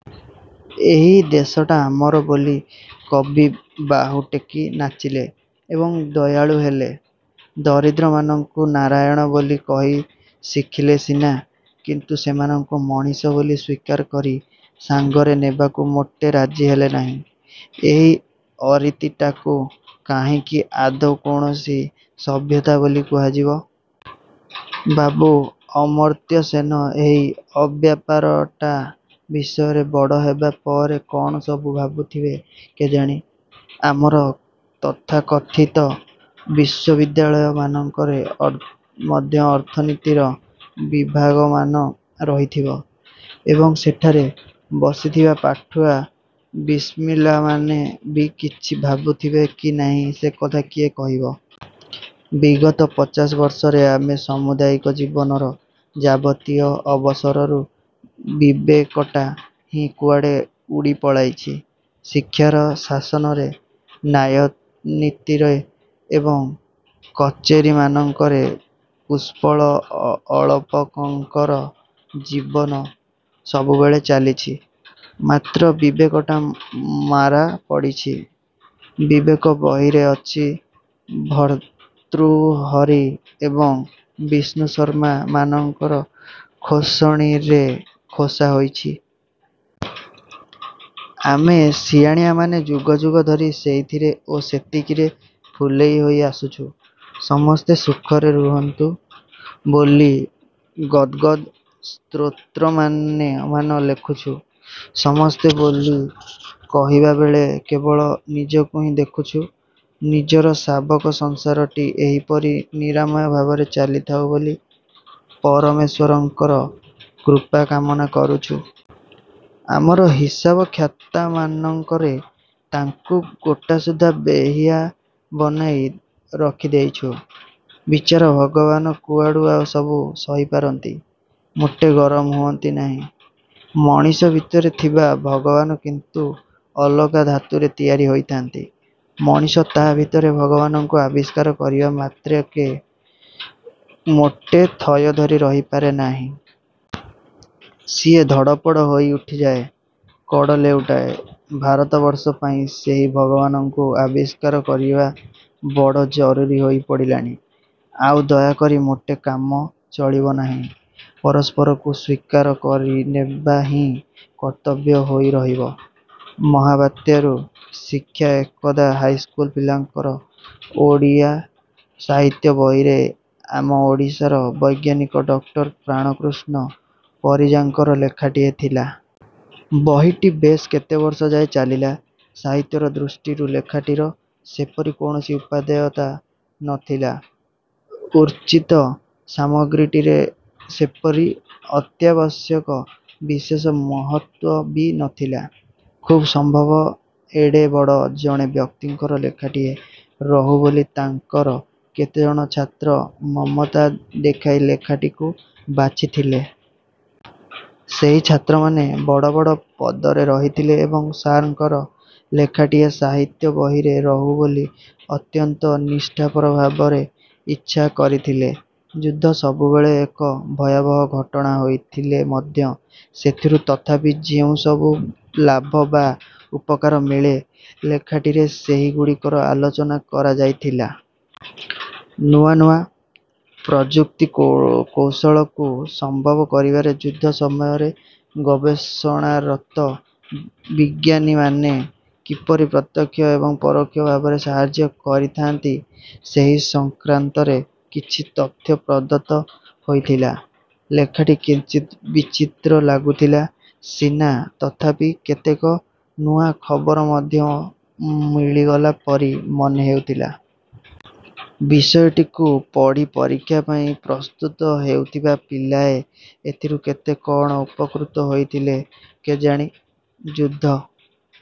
ଏହି ଦେଶଟା ଆମର ବୋଲି କହି ବାହୁ ଟେକି ନାଚିଲେ। ଏବଂ ଦୟାଳୁ ହେଲେ-। ଦରିଦ୍ରମାନଙ୍କୁ ନାରାୟଣ ବୋଲି କହି ଶିଖିଲେ ସିନା, କିନ୍ତୁ ସେମାନଙ୍କୁ ମଣିଷ ବୋଲି ସ୍ୱୀକାର କରି ସାଙ୍ଗରେ ନେବାକୁ ମୋଟେ ରାଜି ହେଲେ ନାହିଁ। ଏହି ଅରୀତିଟାକୁ କାହିଁକି ଆଦୌ କୌଣସି ସଭ୍ୟତା ବୋଲି କୁହାଯିବ? ବାବୁ ଅମର୍ତ୍ତ୍ୟ ସେନ ଏହି ଅବ୍ୟାପାରଟା ବିଷୟରେ ବଡ଼ ହେବା ପରେ କ'ଣ ସବୁ ଭାବୁଥିବେ କେଜାଣି? ଆମର ତଥାକଥିତ ବିଶ୍ୱବିଦ୍ୟାଳୟ ମାନଙ୍କରେ ମଧ୍ୟ ଅର୍ଥନୀତିର ବିଭାଗମାନ ରହିଥିବ। ଏବଂ, ସେଠାରେ ବସିଥିବା ପାଠୁଆ ବିସ୍ମିଲ୍ଲାମାନେ ବି କିଛି ଭାବୁଥିବେ କି ନାହିଁ, ସେକଥା କିଏ କହିବ? ବିଗତ ପଚାଶ ବର୍ଷରେ ଆମ ସାମୁଦାୟିକ ଜୀବନର ଯାବତୀୟ ଅବସରରୁ ବିବେକଟା ହିଁ କୁଆଡ଼େ ଉଡ଼ି ପଳାଇଛି। ଶିକ୍ଷାରେ, ଶାସନରେ, ନ୍ୟାୟନୀତିରେ ଏବଂ କଚେରୀମାନଙ୍କରେ ପୁଷ୍ପଳ ଅଳପଙ୍କର ଜୀବନ ସବୁବେଳେ ଚାଲିଛି। ମାତ୍ର ବିବେକଟା ମାରା ପଡ଼ିଛି। ବିବେକ ବହିରେ ଅଛି, ଭର୍ତ୍ତୃହରି ଏବଂ ବିଷ୍ଣୁଶର୍ମା ମାନଙ୍କର ଖୋସଣିରେ ଖୋସା ହୋଇଛି। ଆମେ ସିଆଣିଆମାନେ ଯୁଗ ଯୁଗ ଧରି ସେଇଥିରେ ଓ ସେତିକିରେ ଫୁଲେଇ ହୋଇ ଆସିଛୁ। ସମସ୍ତେ ସୁଖରେ ରହନ୍ତୁ ବୋଲି ଗଦ୍ଗଦ୍ ସ୍ତ୍ରୋତ୍ରମାନ ଲେଖିଛୁ। ସମସ୍ତେ ବୋଲି କହିବା ବେଳେ କେବଳ ନିଜକୁ ହିଁ ଦେଖିଛୁ, ନିଜର ଶାବକ-ସଂସାରଟି ଏହିପରି ନିରାମୟ ଭାବରେ ଚାଲିଥାଉ ବୋଲି ପରମେଶ୍ୱରଙ୍କର କୃପାକାମନା କରିଛୁ। ଆମର ହିସାବଖାତାମାନଙ୍କରେ ତାଙ୍କୁ ଗୋଟାସୁଦ୍ଧା ବେହିଆ ବନାଇ ରଖିଦେଇଛୁ। ବିଚରା ଭଗବାନ କୁଆଡ଼େ ସବୁ ସହିପାରନ୍ତି। ମୋଟେ ଗରମ ହୁଅନ୍ତି ନାହିଁ। ମଣିଷ ଭିତରେ ଥିବା ଭଗବାନ କିନ୍ତୁ ଅଲଗା ଧାତୁରେ ତିଆରି ହୋଇଥାନ୍ତି। ମଣିଷ ତା' ଭିତରର ଭଗବାନଙ୍କୁ ଆବିଷ୍କାର କରିବା ମାତ୍ରକେ ଆଉ ମୋଟେ ଥୟ ଧରି ରହିପାରେ ନାହିଁ। ସିଏ ଧଡ଼ପଡ଼ ହୋଇ ଉଠିଯାଏ। କଡ଼ ଲେଉଟାଏ। ଭାରତବର୍ଷ ପାଇଁ ସେହି ଭଗବାନଙ୍କୁ ଆବିଷ୍କାର କରିବା ବଡ଼ ଜରୁରୀ ହୋଇ ପଡ଼ିଲାଣି। ଆଉ ଦୟାରେ ମୋଟେ କାମ ଚଳିବ ନାହିଁ। ପରସ୍ପରକୁ ସ୍ୱୀକାର କରିନେବା ହିଁ କର୍ତ୍ତବ୍ୟ ହୋଇ ରହିବ। ମହାବାତ୍ୟାରୁ ଶିକ୍ଷା ଏକଦା ହାଇସ୍କୁଲ ପିଲାଙ୍କର ଓଡ଼ିଆ ସାହିତ୍ୟ ବହିରେ ଆମ ଓଡ଼ିଶାର ବୈଜ୍ଞାନିକ ଡ଼କ୍ଟର ପ୍ରାଣକୃଷ୍ଣ ପରିଜାଙ୍କର ଲେଖାଟିଏ ଥିଲା। ବହିଟି ବେଶ୍ କେତେବର୍ଷ ଯାଏ ଚାଲିଲା। ସାହିତ୍ୟର ଦୃଷ୍ଟିରୁ ଲେଖାଟିର ସେପରି କୌଣସି ଉପାଦେୟତା ନଥିଲା। ଚର୍ଚ୍ଚିତ ସାମଗ୍ରୀଟିରେ ମଧ୍ୟ ସେପରି ଅତ୍ୟାବଶ୍ୟକ ବିଶେଷ ମହତ୍ତ୍ୱ ବି ନଥିଲା। ଖୁବ୍ ସମ୍ଭବ ଏଡ଼େ ବଡ଼ ଜଣେ ବ୍ୟକ୍ତିଙ୍କର ଲେଖାଟିଏ ରହୁ ବୋଲି ତାଙ୍କର କେତେଜଣ ଛାତ୍ର ମମତା ଦେଖାଇ ଲେଖାଟିକୁ ବାଛିଥିଲେ। ସେହି ଛାତ୍ରମାନେ ବଡ଼ ବଡ଼ ପଦରେ ରହିଥିଲେ ଏବଂ ସାର୍ଙ୍କର ଲେଖାଟିଏ ସାହିତ୍ୟ ବହିରେ ରହୁ ବୋଲି ଅତ୍ୟନ୍ତ ନିଷ୍ଠାପର ଭାବରେ ଇଚ୍ଛା କରିଥିଲେ। ଯୁଦ୍ଧ ସବୁବେଳେ ଏକ ଭୟାବହ ଘଟଣା ହୋଇଥିଲେ ମଧ୍ୟ ସେଥିରୁ ତଥାପି ଯେଉଁସବୁ ଲାଭ ବା ଉପକାର ମିଳେ, ଲେଖାଟିରେ ସେହିଗୁଡ଼ିକର ଆଲୋଚନା କରାଯାଇଥିଲା। ନୂଆ ନୂଆ। ପ୍ରଯୁକ୍ତି-କୌଶଳକୁ ସମ୍ଭବ କରିବାରେ ଯୁଦ୍ଧ ସମୟରେ ଗବେଷଣାରତ ବିଜ୍ଞାନୀମାନେ କିପରି ପ୍ରତ୍ୟକ୍ଷ ଏବଂ ପରୋକ୍ଷ ଭାବରେ ସାହାଯ୍ୟ କରିଥାଆନ୍ତି, ସେହି ସଂକ୍ରାନ୍ତରେ କିଛି ତଥ୍ୟ ପ୍ରଦତ୍ତ ହୋଇଥିଲା। ଲେଖାଟି କିଞ୍ଚିତ୍ ବିଚିତ୍ର ଲାଗୁଥିଲା ସିନା, ତଥାପି କେତେକ ନୂଆ ଖବର ମଧ୍ୟ ମିଳିଗଲା ପରି ମନେ ହେଉଥିଲା। ବିଷୟଟିକୁ ପଢ଼ି ପରୀକ୍ଷା ପାଇଁ ପ୍ରସ୍ତୁତ ହେଉଥିବା ପିଲାଏ ଏଥିରୁ କେତେ କ'ଣ ଉପକୃତ ହେଉଥିଲେ କେଜାଣି? ଯୁଦ୍ଧ